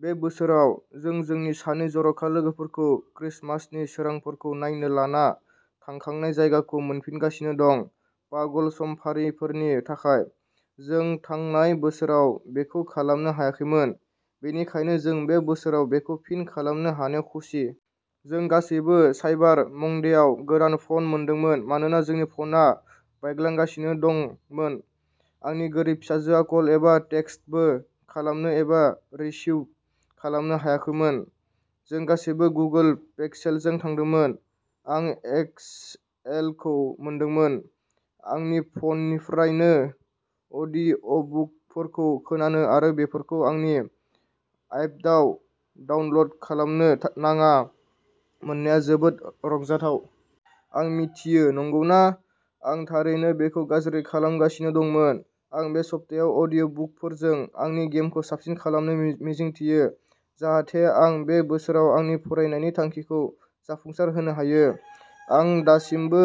बे बोसोराव, जों जोंनि सानै जर'खा लोगोफोरखौ क्रिसमासनि सोरांफोरखौ नायनो लाना थांखांनाय जायगाखौ मोनफिनगासिनो दं। पागल समफारिफोरनि थाखाय, जों थांनाय बोसोराव बेखौ खालामनो हायाखैमोन, बेनिखायनो जों बे बोसोराव बेखौ फिन खालामनो हानायाव खुसि। जों गासैबो साइबार मंडेआव गोदान फन मोनदोंमोन मानोना जोंनि फनआ बायग्लांगासिनो दंमोन। आंनि गोरिब फिसाजोआ कल एबा टेक्सटबो खालामनो एबा रिसीव खालामनो हायाखैमोन। जों गासैबो गुगोल पिक्सेलजों थांदोंमोन। आं एक्सएलखौ मोनदोंमोन। आंनि फननिफ्रायनो अडिअ'बुकफोरखौ खोनानो आरो बेफोरखौ आंनि आइपडआव डाउनल'ड खालामनो नाङा मोननाया जोबोद रंजाथाव। आं मिथियो, नंगौना? आं थारैनो बेखौ गाज्रि खालामगासिनो दंमोन। आं बे सप्तायाव अडिअ'बुकफोरजों आंनि गेमखौ साबसिन खालामनो मिजिंथियो जाहाथे आं बे बोसोराव आंनि फरायनायनि थांखिखौ जाफुंसारहोनो हायो। आं दासिमबो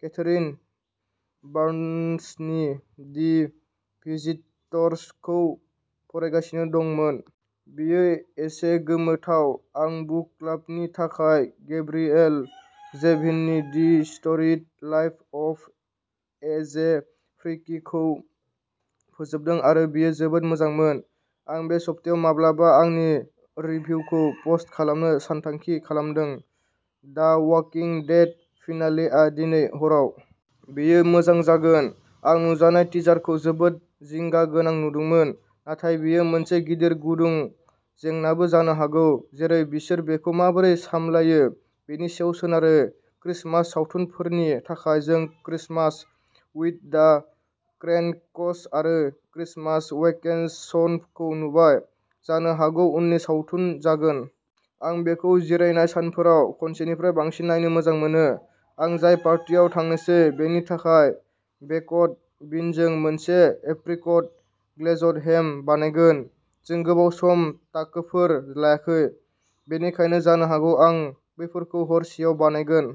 केथरीन बार्न्सनि दि भिजिटर्सखौ फरायगासिनो दं। बेयो एसे गोमोथाव। आं बुक क्लाबनि थाखाय गेब्रिएल जेभिननि the storied life of A. J. फिक्रीखौ फोजोबदों आरो बेयो जोबोद मोजांमोन। आं बे सप्तायाव माब्लाबा आंनि रिभिउखौ पस्ट खालामनो सानथांखि खालामदों। दा वाकिं डेड फिनालेआ दिनै हराव। बेयो मोजां जागोन। आं नुजानाय टिजारखौ जोबोद जिंगा गोनां नुदोंमोन, नाथाय बेयो मोनसे गिदिर गुदुं जेंनाबो जानो हागौ, जेरै बिसोर बेखौ माबोरै सामलायो बेनि सायाव सोनारो। क्रिसमास सावथुनफोरनि थाखाय जों क्रिसमास विद दा क्रेन्कस आरो क्रिसमास वेकेसनखौ नुबाय, जानो हागौ उननि सावथुन जागोन। आं बेखौ जिरायनाय सानफोराव खनसेनिफ्राय बांसिन नायनो मोजां मोनो। आं जाय पार्टियाव थांनोसै बेनि थाखाय बेकड बिनजों मोनसे एप्रिकट ग्लेजड हेम बानायगोन। जों गोबाव सम टाकोफोर लायाखै, बेनिखायनो जानो हागौ आं बैफोरखौ हरसेआव बानायगोन।